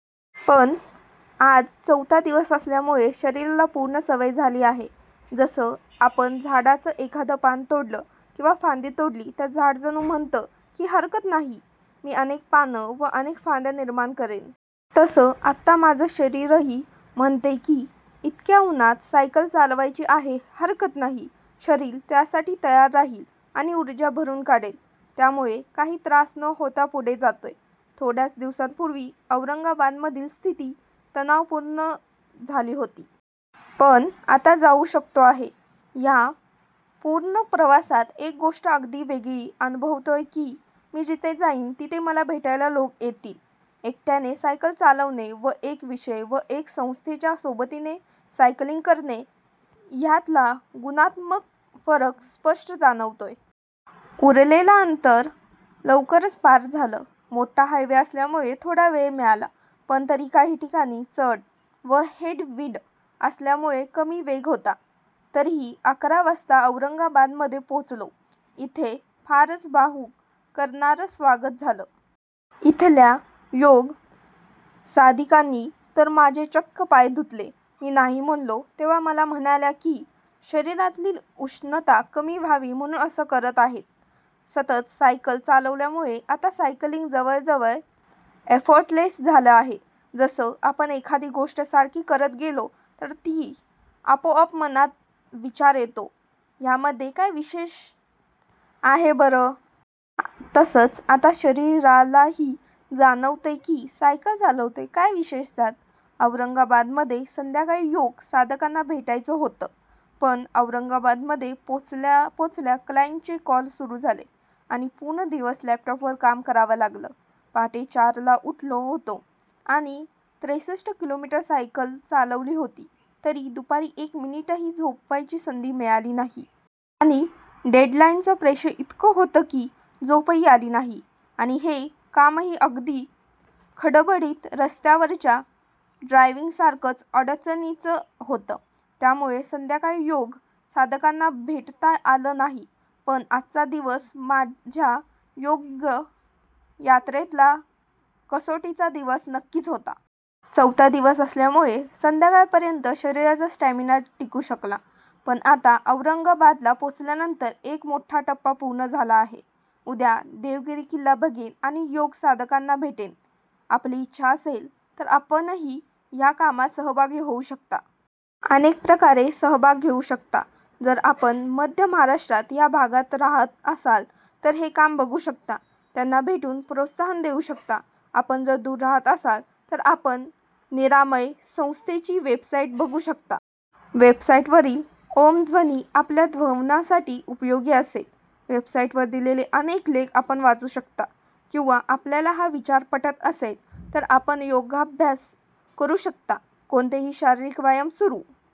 पण आज चौथा दिवस असल्यामुळे शरीराला पूर्ण सवय झाली आहे. जसं आपण झाडाचं एखादं पान तोडलं किंवा फांदी तोडली तर झाड जणू म्हणतं की, हरकत नाही, मी अनेक पानं व अनेक फांद्या निर्माण करेन. तसं आता माझं शरीरही म्हणतंय की, इतक्या उन्हात सायकल चालवायची आहे, हरकत नाही. शरीर त्यासाठी तयार राहील आणि ऊर्जा भरून काढेल. त्यामुळे काही त्रास न होता पुढे जातोय. थोड्याच दिवसांपूर्वी औरंगाबादमधली स्थिती तणावपूर्ण झाली होती. पण आता जाऊ शकतो आहे. ह्या पूर्ण प्रवासात एक गोष्ट अगदी वेगळी अनुभवतोय की, मी जिथे जाईन, तिथे मला भेटायला लोक येतील. एकट्याने सायकल चालवणे व एक विषय व एका संस्थेच्या सोबतीने सायकलिंग करणे ह्यातला गुणात्मक फरक स्पष्ट जाणवतोय. उरलेलं अंतर लवकरच पार झालं. मोठा हायवे असल्यामुळे थोडा वेग मिळाला. पण तरी काही ठिकाणी चढ व हेड विंड असल्यामुळे कमी वेग होता. तरीही अकरा वाजता औरंगाबादमध्ये पोहोचलो. इथे फारच भावुक करणारं स्वागत झालं. इथल्या योग साधिकांनी तर माझे चक्क पाय धुतले. मी नाही म्हणालो, तेव्हा मला म्हणाल्या की, शरीरातली उष्णता कमी व्हावी म्हणून असं करत आहेत. सतत सायकल चालवल्यामुळे आता सायकलिंग जवळजवळ एफर्टलेस झालं आहे. जसं आपण एखादी गोष्ट सारखी करत गेलो तर आपोआप मनात विचार येतो, ह्यामध्ये काय विशेष आहे बरं? तसंच आता शरीरालाही जाणवतंय की, सायकल चालवतोय, काय विशेष त्यात? औरंगाबादमध्ये संध्याकाळी योग साधकांना भेटायचं होतं. पण औरंगाबादमध्ये पोहोचल्या पोहोचल्या क्लाएंटसचे कॉल सुरू झाले आणि पूर्ण दिवस लॅपटॉपवर काम करावं लागलं. पहाटे चारला उठलो होतो आणि त्रेसष्ट किलोमीटर सायकल चालवली होती, तरी दुपारी एक मिनिटही झोपण्याची संधी मिळाली नाही. आणि डेडलाईनचं प्रेशरही इतकं होतं की, झोपही आली नाही. आणि हे कामही अगदी खडबडीत रस्त्यावरच्या ड्रायव्हिंगसारखं अडचणीचं होतं. त्यामुळे संध्याकाळी योग साधकांना भेटता आलं नाही. पण आजचा दिवस माझ्या योग यात्रेतला कसोटीचा दिवस नक्कीच होता. चौथा दिवस असल्यामुळे संध्याकाळपर्यंत शरीराचा स्टॅमिना टिकू शकला. पण आता औरंगाबादला पोहोचल्यानंतर एक मोठा टप्पा पूर्ण झाला आहे. उद्या देवगिरी किल्ला बघेन आणि योग साधकांना भेटेन. आपली इच्छा असेल तर आपणही ह्या कामात सहभागी होऊ शकता. अनेक प्रकारे सहभाग घेऊ शकता. जर आपण मध्य महाराष्ट्रात ह्या भागात राहात असाल तर हे काम बघू शकता. त्यांना भेटून प्रोत्साहन देऊ शकता. आपण जर दूर राहात असाल, तरी आपण निरामय संस्थेची वेबसाईट बघू शकता. वेबसाईटवरील ॐ ध्वनी आपल्या ध्यानासाठी उपयोगी असेल. वेबसाईटवर दिलेले अनेक लेख आपण वाचू शकता. किंवा आपल्याला हा विचार पटत असेल तर आपण योगाभ्यास करू शकता. कोणताही शारीरिक व्यायाम सुरू.